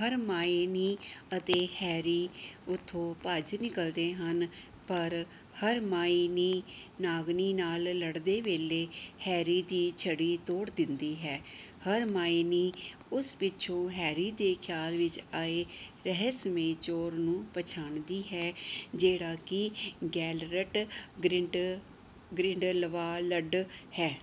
Hermione ਅਤੇ Harry ਉੱਥੋਂ ਭੱਜ ਨਿਕਲਦੇ ਹਨ, ਪਰ ਹਰਮਾਈਨੀ ਨਾਗਿਨੀ ਨਾਲ ਲੜਦੇ ਵੇਲੇ ਹੈਰੀ ਦੀ ਛੜੀ ਤੋੜ ਦਿੰਦੀ ਹੈ। ਹਰਮਾਈਨੀ ਉਸ ਪਿੱਛੋਂ ਹੈਰੀ ਦੇ ਖ਼ਿਆਲ ਵਿੱਚ ਆਏ ਰਹੱਸਮਈ ਚੋਰ ਨੂੰ ਪਛਾਣਦੀ ਹੈ, ਜਿਹੜਾ ਕਿ ਗੈਲਰਟ ਗ੍ਰਿੰਡਲਵਾਲਡ ਹੈ।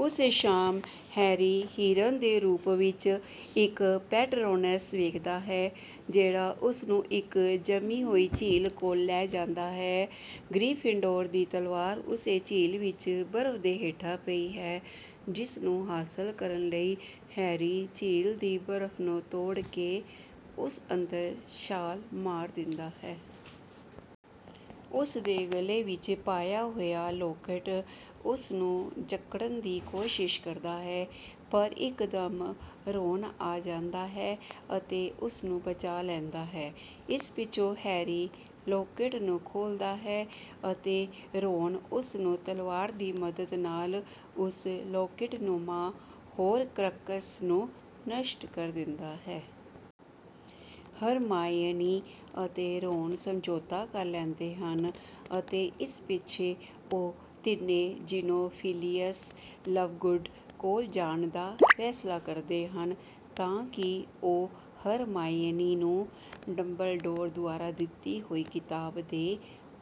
ਉਸੇ ਸ਼ਾਮ ਹੈਰੀ ਹਿਰਨ ਦੇ ਰੂਪ ਵਿੱਚ ਇੱਕ ਪੈਟਰੋਨਸ ਵੇਖਦਾ ਹੈ, ਜਿਹੜਾ ਉਸ ਨੂੰ ਇੱਕ ਜੰਮੀ ਹੋਈ ਝੀਲ ਕੋਲ ਲੈ ਜਾਂਦਾ ਹੈ। ਗ੍ਰੀਫ਼ਿੰਡੋਰ ਦੀ ਤਲਵਾਰ ਉਸੇ ਝੀਲ ਵਿੱਚ ਬਰਫ਼ ਦੇ ਹੇਠਾਂ ਪਈ ਹੈ, ਜਿਸ ਨੂੰ ਹਾਸਲ ਕਰਨ ਲਈ ਹੈਰੀ ਝੀਲ ਦੀ ਬਰਫ਼ ਨੂੰ ਤੋੜ ਕੇ ਉਸ ਅੰਦਰ ਛਾਲ ਮਾਰ ਦਿੰਦਾ ਹੈ। ਉਸ ਦੇ ਗਲੇ ਵਿੱਚ ਪਾਇਆ ਹੋਇਆ ਲੌਕੇਟ ਉਸ ਨੂੰ ਜਕੜਨ ਦੀ ਕੋਸ਼ਿਸ਼ ਕਰਦਾ ਹੈ, ਪਰ ਇੱਕਦਮ ਰੌਨ ਆ ਜਾਂਦਾ ਹੈ ਅਤੇ ਉਸ ਨੂੰ ਬਚਾ ਲੈਂਦਾ ਹੈ। ਇਸ ਪਿੱਛੋਂ ਹੈਰੀ ਲੌਕੇਟ ਨੂੰ ਖੋਲ੍ਹਦਾ ਹੈ ਅਤੇ ਰੌਨ ਉਸ ਨੂੰ ਤਲਵਾਰ ਦੀ ਮਦਦ ਨਾਲ ਉਸ ਲੌਕੇਟਨੁਮਾ ਹੌਰਕ੍ਰਕਸ ਨੂੰ ਨਸ਼ਟ ਕਰ ਦਿੰਦਾ ਹੈ। ਹਰਮਾਈਨੀ ਅਤੇ ਰੌਨ ਸਮਝੌਤਾ ਕਰ ਲੈਂਦੇ ਹਨ ਅਤੇ ਇਸ ਪਿੱਛੋਂ ਉਹ ਤਿੰਨੇ ਜ਼ੀਨੋਫ਼ਿਲਿਅਸ ਲਵਗੁਡ ਕੋਲ ਜਾਣ ਦਾ ਫ਼ੈਸਲਾ ਕਰਦੇ ਹਨ, ਤਾਂ ਕਿ ਉਹ ਹਰਮਾਈਨੀ ਨੂੰ ਡੰਬਲਡੋਰ ਦੁਆਰਾ ਦਿੱਤੀ ਹੋਈ ਕਿਤਾਬ ਦੇ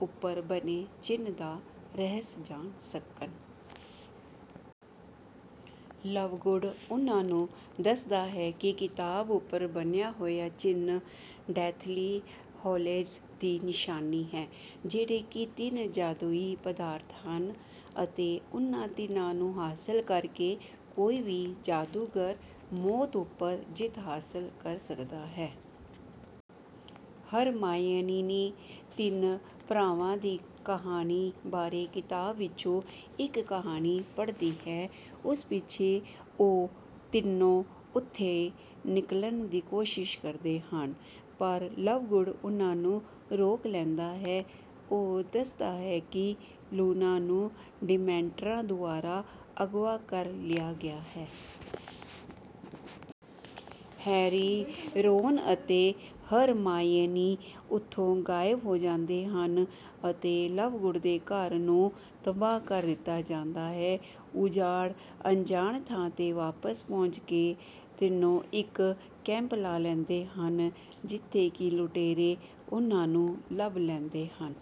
ਉੱਪਰ ਬਣੇ ਚਿੰਨ੍ਹ ਦਾ ਰਹੱਸ ਜਾਣ ਸਕਣ। ਲਵਗੁਡ ਉਹਨਾਂ ਨੂੰ ਦੱਸਦਾ ਹੈ ਕਿ ਕਿਤਾਬ ਉੱਪਰ ਬਣਿਆ ਹੋਇਆ ਚਿੰਨ੍ਹ ਡੈਥਲੀ ਹੈਲੋਜ਼ ਦੀ ਨਿਸ਼ਾਨੀ ਹੈ, ਜਿਹੜੇ ਕਿ ਤਿੰਨ ਜਾਦੂਈ ਪਦਾਰਥ ਹਨ ਅਤੇ ਉਹਨਾਂ ਤਿੰਨਾਂ ਨੂੰ ਹਾਸਲ ਕਰਕੇ ਕੋਈ ਵੀ ਜਾਦੂਗਰ ਮੌਤ ਉੱਪਰ ਜਿੱਤ ਹਾਸਲ ਕਰ ਸਕਦਾ ਹੈ। ਹਰਮਾਈਨੀ ਤਿੰਨ ਭਰਾਵਾਂ ਦੀ ਕਹਾਣੀ’ ਬਾਰੇ ਕਿਤਾਬ ਵਿੱਚੋਂ ਇੱਕ ਕਹਾਣੀ ਪੜ੍ਹਦੀ ਹੈ। ਉਸ ਪਿੱਛੋਂ ਉਹ ਤਿੰਨੋਂ ਉੱਥੋਂ ਨਿਕਲਣ ਦੀ ਕੋਸ਼ਿਸ਼ ਕਰਦੇ ਹਨ, ਪਰ ਲਵਗੁਡ ਉਹਨਾਂ ਨੂੰ ਰੋਕ ਲੈਂਦਾ ਹੈ। ਉਹ ਦੱਸਦਾ ਹੈ ਕਿ ਲੂਨਾ ਨੂੰ ਡਿਮੈਂਟਰਾਂ ਦੁਆਰਾ ਅਗਵਾ ਕਰ ਲਿਆ ਗਿਆ ਹੈ। ਹੈਰੀ, ਰੌਨ ਅਤੇ ਹਰਮਾਈਨੀ ਉੱਥੋਂ ਗਾਇਬ ਹੋ ਜਾਂਦੇ ਹਨ ਅਤੇ ਲਵਗੁਡ ਦੇ ਘਰ ਨੂੰ ਤਬਾਹ ਕਰ ਦਿੱਤਾ ਜਾਂਦਾ ਹੈ। ਉਜਾੜ ਅਣਜਾਣ ਥਾਂ ’ਤੇ ਵਾਪਸ ਪਹੁੰਚ ਕੇ, ਤਿੰਨੋਂ ਇੱਕ ਕੈਂਪ ਲਾ ਲੈਂਦੇ ਹਨ, ਜਿੱਥੇ ਕਿ ਲੁਟੇਰੇ ਉਹਨਾਂ ਨੂੰ ਲੱਭ ਲੈਂਦੇ ਹਨ।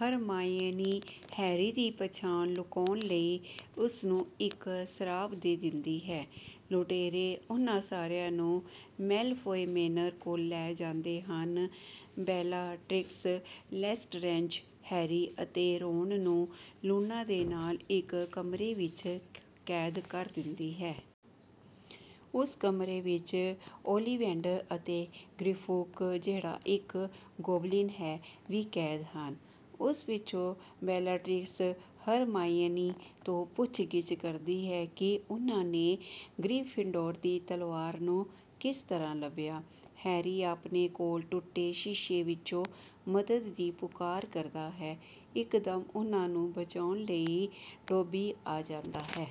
ਹਰਮਾਈਨੀ ਹੈਰੀ ਦੀ ਪਛਾਣ ਲੁਕਾਉਣ ਲਈ ਉਸ ਨੂੰ ਇੱਕ ਸਰਾਪ ਦੇ ਦਿੰਦੀ ਹੈ। ਲੁਟੇਰੇ ਉਹਨਾਂ ਸਾਰਿਆਂ ਨੂੰ ਮੈਲਫ਼ੌਏ ਮੇਨਰ ਕੋਲ ਲੈ ਜਾਂਦੇ ਹਨ। ਬੈਲਾਟ੍ਰਿਕਸ ਲੈਸਟਰੇਂਜ ਹੈਰੀ ਅਤੇ ਰੌਨ ਨੂੰ ਲੂਨਾ ਦੇ ਨਾਲ ਇੱਕ ਕਮਰੇ ਵਿੱਚ ਕੈਦ ਕਰ ਦਿੰਦੀ ਹੈ। ਉਸ ਕਮਰੇ ਵਿੱਚ ਓਲੀਵੈਂਡਰ ਅਤੇ ਗ੍ਰਿਫੂਕ, ਜਿਹੜਾ ਇੱਕ ਗੌਬਲਿਨ ਹੈ, ਵੀ ਕੈਦ ਹਨ। ਉਸ ਪਿੱਛੋਂ ਬੈਲਾਟ੍ਰਿਕਸ ਹਰਮਾਈਨੀ ਤੋਂ ਪੁੱਛਗਿੱਛ ਕਰਦੀ ਹੈ ਕਿ ਉਹਨਾਂ ਨੇ ਗ੍ਰੀਫ਼ਿੰਡੋਰ ਦੀ ਤਲਵਾਰ ਨੂੰ ਕਿਸ ਤਰ੍ਹਾਂ ਲੱਭਿਆ। ਹੈਰੀ ਆਪਣੇ ਕੋਲ ਟੁੱਟੇ ਸ਼ੀਸ਼ੇ ਵਿੱਚੋਂ ਮਦਦ ਦੀ ਪੁਕਾਰ ਕਰਦਾ ਹੈ। ਇੱਕਦਮ ਉਹਨਾਂ ਨੂੰ ਬਚਾਉਣ ਲਈ ਡੌਬੀ ਆ ਜਾਂਦਾ ਹੈ।